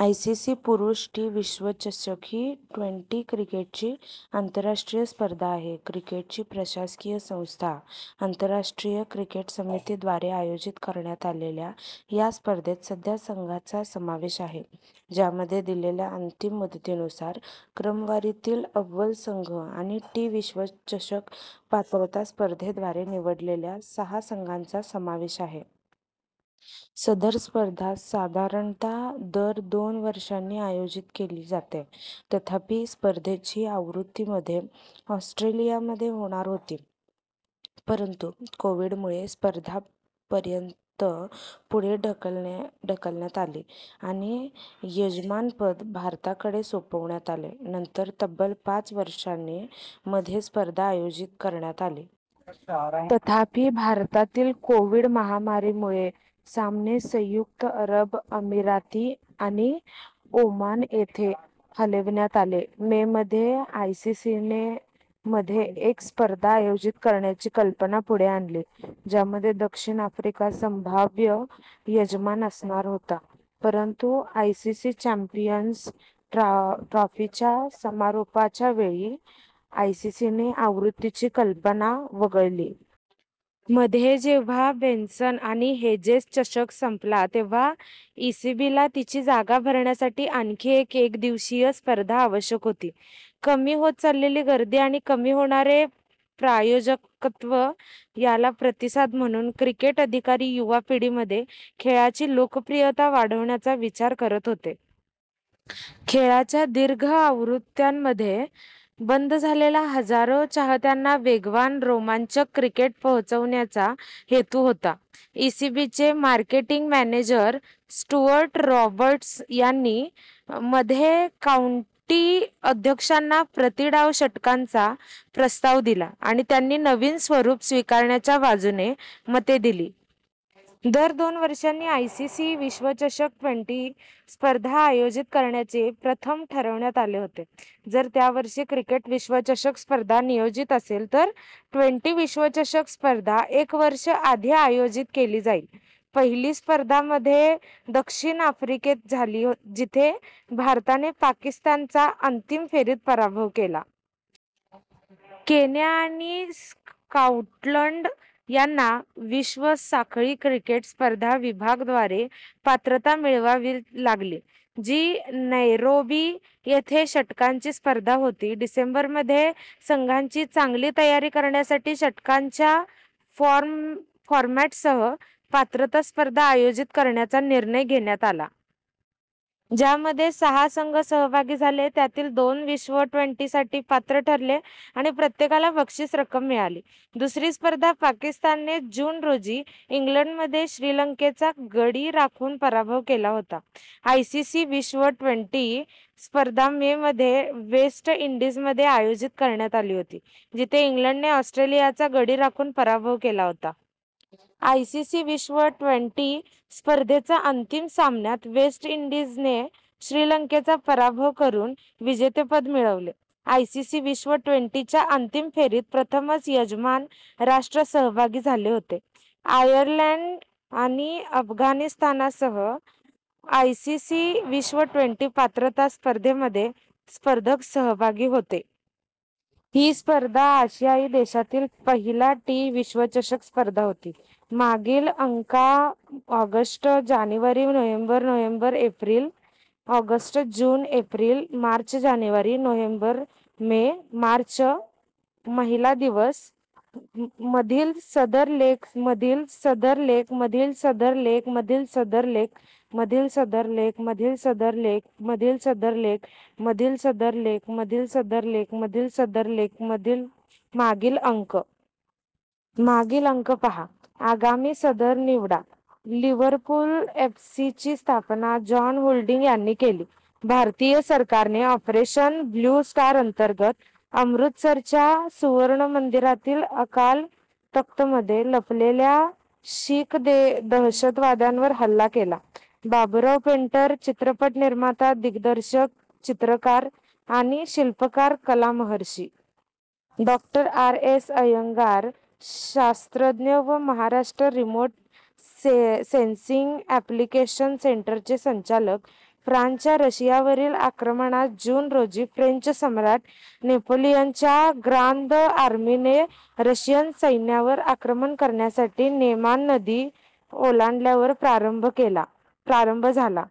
ICC पुरुष T विश्वचषक ही ट्वेंटी क्रिकेटची आंतरराष्ट्रीय स्पर्धा आहे. क्रिकेटची प्रशासकीय संस्था, आंतरराष्ट्रीय क्रिकेट समिती द्वारे आयोजित करण्यात आलेल्या या स्पर्धेत सध्या संघांचा समावेश आहे, ज्यामध्ये दिलेल्या अंतिम मुदतीनुसार क्रमवारीतील अव्वल संघ आणि टी विश्वचषक पात्रता स्पर्धेद्वारे निवडलेल्या सहा संघांचा समावेश आहे. सदर स्पर्धा साधारणतः दर दोन वर्षांनी आयोजित केली जाते. तथापि, स्पर्धेची आवृत्ती मध्ये ऑस्ट्रेलियामध्ये होणार होती, परंतु कोविड- मुळे, स्पर्धा पर्यंत पुढे ढकलण्यात आली आणि यजमानपद भारताकडे सोपविण्यात आले. नंतर तब्बल पाच वर्षांनी मध्ये स्पर्धा आयोजित करण्यात आली. तथापि, भारतातील कोविड- महामारीमुळे, सामने संयुक्त अरब अमिराती आणि ओमान येथे हलविण्यात आले. मे मध्ये, आयसीसीने मध्ये एक स्पर्धा आयोजित करण्याची कल्पना पुढे आणली, ज्यामध्ये दक्षिण आफ्रिका संभाव्य यजमान असणार होता. परंतु आयसीसी चॅम्पियन्स ट्रॉफीच्या समारोपाच्या वेळी, आयसीसीने आवृत्तीची कल्पना वगळली. मध्ये जेव्हा बेन्सन आणि हेजेस चषक संपला तेव्हा ईसीबीला तिची जागा भरण्यासाठी आणखी एक एकदिवसीय स्पर्धा आवश्यक होती. कमी होत चाललेली गर्दी आणि कमी होणारे प्रायोजकत्व याला प्रतिसाद म्हणून क्रिकेट अधिकारी युवा पिढीमध्ये खेळाची लोकप्रियता वाढवण्याचा विचार करत होते. खेळाच्या दीर्घ आवृत्त्यांमुळे बंद झालेल्या हजारो चाहत्यांना वेगवान, रोमांचक क्रिकेट पोहोचवण्याचा हेतू होता. ईसीबीचे मार्केटिंग मॅनेजर स्टुअर्ट रॉबर्टसन यांनी मध्ये काउंटी अध्यक्षांना प्रति डाव षटकांचा प्रस्ताव दिला आणि त्यांनी नवीन स्वरूप स्वीकारण्याच्या बाजूने - मते दिली. दर दोन वर्षांनी आयसीसी विश्वचषक ट्वेंटी- स्पर्धा आयोजित करण्याचे प्रथम ठरवण्यात आले होते, जर त्या वर्षी क्रिकेट विश्वचषक स्पर्धा नियोजित असेल तर ट्वेंटी- विश्वचषक स्पर्धा एक वर्ष आधी आयोजित केली जाईल. पहिली स्पर्धा मध्ये दक्षिण आफ्रिकेत झाली जिथे भारताने पाकिस्तानचा अंतिम फेरीत पराभव केला. केन्या आणि स्कॉटलंड यांना विश्व साखळी क्रिकेट स्पर्धा विभाग द्वारे पात्रता मिळवावी लागली जी नैरोबी येथे षटकांची स्पर्धा होती. डिसेंबर मध्ये संघांची चांगली तयारी करण्यासाठी षटकांच्या फॉरमॅटसह पात्रता स्पर्धा आयोजित करण्याचा निर्णय घेण्यात आला. ज्यामध्ये सहा संघ सहभागी झाले, त्यातील दोन विश्व ट्वेंटी साठी पात्र ठरले आणि प्रत्येकाला बक्षीस रक्कम मिळाली. दुसरी स्पर्धा पाकिस्तानने जून रोजी इंग्लंडमध्ये श्रीलंकेचा गडी राखून पराभव केला होता. आयसीसी विश्व ट्वेंटी स्पर्धा मे मध्ये वेस्ट इंडीजमध्ये आयोजित करण्यात आली होती, जिथे इंग्लंडने ऑस्ट्रेलियाचा गडी राखून पराभव केला होता. आयसीसी विश्व ट्वेंटी स्पर्धेच्या अंतिम सामन्यात वेस्ट इंडीजने श्रीलंकेचा पराभव करून विजेतेपद मिळवले. आयसीसी विश्व ट्वेंटी- च्या अंतिम फेरीत प्रथमच यजमान राष्ट्र सहभागी झाले होते. आयर्लंड आणि अफगाणिस्तानसह आयसीसी विश्व ट्वेंटी पात्रता, स्पर्धेमध्ये स्पर्धक सहभागी होते. ही स्पर्धा आशियाई देशातील पहिला टी विश्वचषक स्पर्धा होती. मागील अंक: ऑगस्ट जानेवारी November November April August June April March जानेवारी नोव्हेंबर मे मार्च महिला दिवस, मधील सदर लेख मधील सदर लेख मधील सदर लेख मधील सदर लेख मधील सदर लेख मधील सदर लेख मधील सदर लेख मधील सदर लेख मधील सदर लेख मधील सदर लेख मागील अंक। मागील अंक पाहा आगामी सदर निवडा लिव्हरपूल एफ. सी. ची स्थापना जॉन हुल्डींग यांनी केली. भारतीय सरकाराने ऑपरेशन ब्लू स्टार अंतर्गत अमृतसरच्या सुवर्णमंदिरातील अकाल तख्तमध्ये लपलेल्या शीख दहशतवाद्यांवर हल्ला केला. बाबूराव पेंटर, चित्रपट निर्माता, दिग्दर्शक, चित्रकार आणि शिल्पकार कलामहर्षी. डॉ. आर. एस. अय्यंगार, शास्त्रज्ञ व महाराष्ट्र रिमोट सेन्सिंग ऍप्लिकेशन सेंटरचे संचालक. फ्रान्सच्या रशियावरील आक्रमणास जून रोजी फ्रेंच सम्राट नेपोलियनच्या ग्रान्द आर्मीने रशियन सैन्यावर आक्रमण करण्यासाठी नेमान नदी ओलांडल्यावर प्रारंभ झाला.